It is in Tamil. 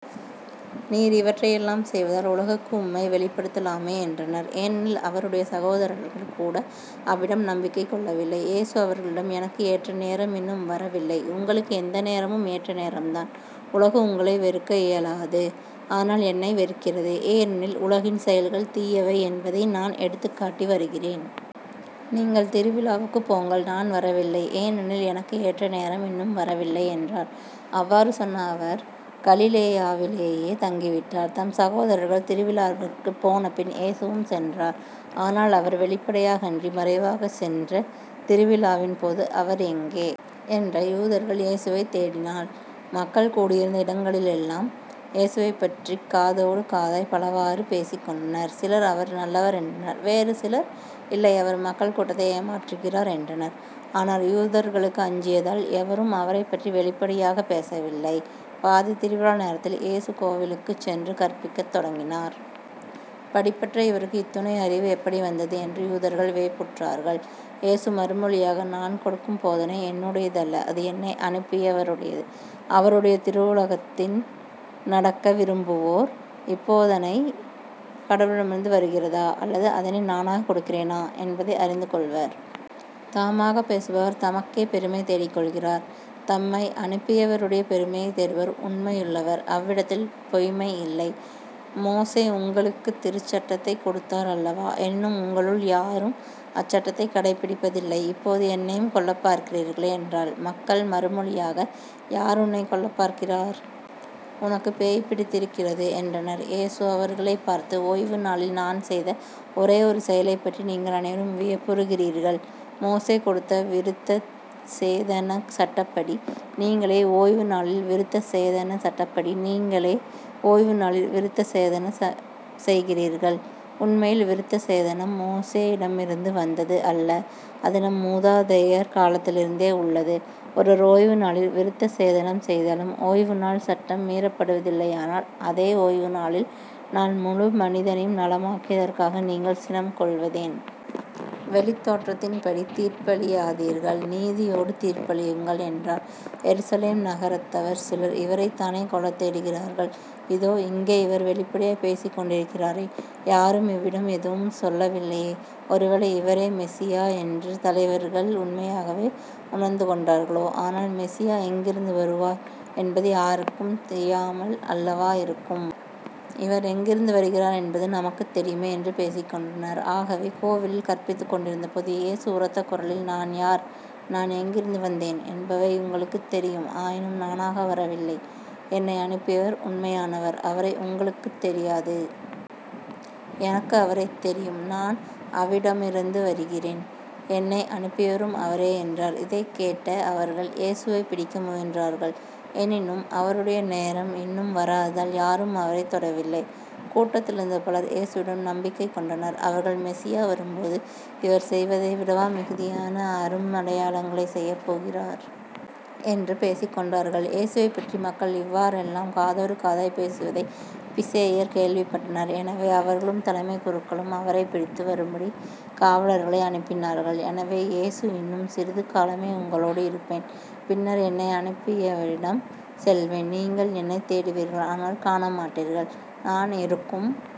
நீர் இவற்றையெல்லாம் செய்வதால் உலகுக்கு உம்மை வெளிப்படுத்தலாமே என்றனர். ஏனெனில்அவருடைய சகோதரர்கள் கூட அவ்விடம் நம்பிக்கை கொள்ளவில்லை. இயேசு அவர்களிடம் எனக்கு ஏற்ற நேரம் இன்னும் வரவில்லை உங்களுக்கு எந்த நேரமும் ஏற்ற நேரம்தான். உலகு உங்களை வெறுக்க இயலாது ஆனால் என்னை வெறுக்கிறது. ஏனெனில் உலகின் செயல்கள் தீயவை என்பதை நான் எடுத்துக்காட்டி வருகிறேன். நீங்கள் திருவிழாவுக்குப் போங்கள் நான் வரவில்லை. ஏனெனில் எனக்கு ஏற்ற நேரம் இன்னும் வரவில்லை என்றார். அவ்வாறு சொன்ன அவர் கலிலேயாவிலேயே தங்கி விட்டார். தம் சகோதரர்கள் திருவிழாவிற்குப் போனபின் இயேசுவும் சென்றார். ஆனால் அவர் வெளிப்படையாக அன்றி மறைவாகச் சென்ற திருவிழாவின்போது அவர் எங்கே? என்ற யூதர்கள் இயேசுவைத் தேடினாள். மக்கள் கூடியிருந்த இடங்களிடலெல்லாம் இயேசுவைப்பற்றிக்காதோடு காதாய்ப் பலவாறு பேசிக் கொண்டனர். சிலர் அவர் நல்லவர் என்றனர். வேறு சிலர் இல்லை அவர் மக்கள் கூட்டத்தை ஏமாற்றுகிறார் என்றனர். ஆனால் யூதர்களுக்கு அஞ்சியதால் எவரும் அவரைப் பற்றி வெளிப்படையாகப் பேசவில்லை. பாதித் திருவிழா நேரத்தில் இயேசு கோவிலுக்குச் சென்று கற்பிக்கத் தொடங்கினார். படிப்பற்ற இவருக்கு இத்துணை அறிவு எப்படி வந்தது? என்று யூதர்கள் வியப்புற்றார்கள். இயேசு மறுமொழியாக நான் கொடுக்கும் போதனை என்னுடையது அல்ல அது என்னை அனுப்பியவருடையது. அவருடைய திருவுளத்தின்படி நடக்க விரும்புவோர் இப்போதனை கடவுளிடமிருந்து வருகிறதா? அல்லது அதனை நானாகக் கொடுக்கிறேனா என்பதை அறிந்து கொள்வர். தாமாகப் பேசுபவர் தமக்கே பெருமை தேடிக்கொள்கிறார். தம்மை அனுப்பியவருடைய பெருமையைத் தேடுபவர் உண்மையுள்ளவர் அவ்விடத்தில் பொய்ம்மை இல்லை. மோசே உங்களுக்குத் திருச்சட்டத்தைக் கொடுத்தார் அல்லவா? எனினும் உங்களுள் யாரும் அச்சட்டத்தைக் கடைப்பிடிப்பதில்லை. இப்போது என்னையும் கொல்லப்பார்க்கிறீர்களே என்றார். மக்கள் மறுமொழியாக யார் உன்னைக் கொல்லப் பார்க்கிறார்? உனக்குப் பேய் பிடித்திருக்கிறது என்றனர். இயேசு அவர்களைப் பார்த்து ஓய்வுநாளில் நான் செய்த ஒரே ஒரு செயலைப் பற்றி நீங்கள் அனைவரும் வியப்புறுகிறீர்கள். மோசே கொடுத்த விருத்தசேதனச் சட்டப்படி நீங்களே ஓய்வுநாளில் விருத்தசேதனச் சட்டப்படி நீங்களே ஓய்வு நாளில் விருத்தசேதனம் செய்கிறீர்கள். உண்மையில் விருத்தசேதனம் மோசேயிடமிருந்து வந்தது அல்ல அது நம் முதாதையர் காலத்திலிருந்தே உள்ளது ஒருவர் ஓய்வு நாளில் விருத்தசேதனம் செய்தாலும் ஓய்வு நாள் சட்டம் மீறப்படுவதில்லையானால் அதே ஓய்வுநாளில் நான் முழு மனிதனையும் நலமாக்கியதற்காக நீங்கள் சினம் கொள்வதேன்? வெளித்தோற்றத்தின்படி தீர்ப்பளியாதீர்கள். நீதியோடு தீர்ப்பளியுங்கள் என்றார். எருசலேம் நகரத்தவர் சிலர் இவரைத்தானே கொல்லத் தேடுகிறார்கள்? இதோ. இங்கே இவர் வெளிப்படையாய்ப் பேசிக்கொண்டிருக்கிறாரே. யாரும் இவிடம் எதுவும் சொல்லவில்லையே. ஒருவேளை இவரே மெசியா என்று தலைவர்கள் உண்மையாகவே உண்ந்துகொண்டார்களோ? ஆனால் மெசியா எங்கிருந்து வருவார் என்பது யாருக்கும் தியாமல் அல்லவா இருக்கும். இவர் எங்கிருந்து வருகிறார் என்பது நமக்குத் தெரியுமே என்று பேசிக் கொண்டனர். ஆகவே கோவிலில் கற்பித்துக் கொண்டிருந்தபோது இயேசு உரத்த குரலில் நான் யார்? நான் எங்கிருந்து வந்தேன் என்பவை உங்களுக்குத் தெரியும். ஆயினும் நானாக வரவில்லை. என்னை அனுப்பியவர் உண்மையானவர். அவரை உங்களுக்குத் தெரியாது. எனக்கு அவரைத் தெரியும். நான் அவிடமிருந்து வருகிறேன். என்னை அனுப்பியவரும் அவரே என்றார். இதைக் கேட்ட அவர்கள் இயேசுவைப் பிடிக்க முயன்றார்கள். எனினும் அவருடைய நேரம் இன்னும் வராததால் யாரும் அவரைத் தொடவில்லை. கூட்டத்திலிருந்த பலர் இயேசுவிடம் நம்பிக்கை கொண்டனர். அவர்கள் மெசியா வரும்போது இவர் செய்வதைவிடவா மிகுதியான அரும் அடையாளங்களைச் செய்யப் போகிறார்? என்று பேசிக்கொண்டார்கள். இயேசுவைப்பற்றி மக்கள் இவ்வாறெல்லாம் காதோடு காதாய்ப் பேசுவதைப் பிசேயர் கேள்விப்பட்டனர். எனவே அவர்களும் தலைமைக் குருக்களும் அவரைப் பிடித்து வரும்படி காவலர்களை அனுப்பினார்கள். எனவே இயேசு இன்னும் சிறிது காலமே உங்களோடு இருப்பேன் பின்னர் என்னை அனுப்பியவிடம் செல்வேன். நீங்கள் என்னைத் தேடுவீர்கள் ஆனால் காணமாட்டீர்கள். நான் இருக்கும்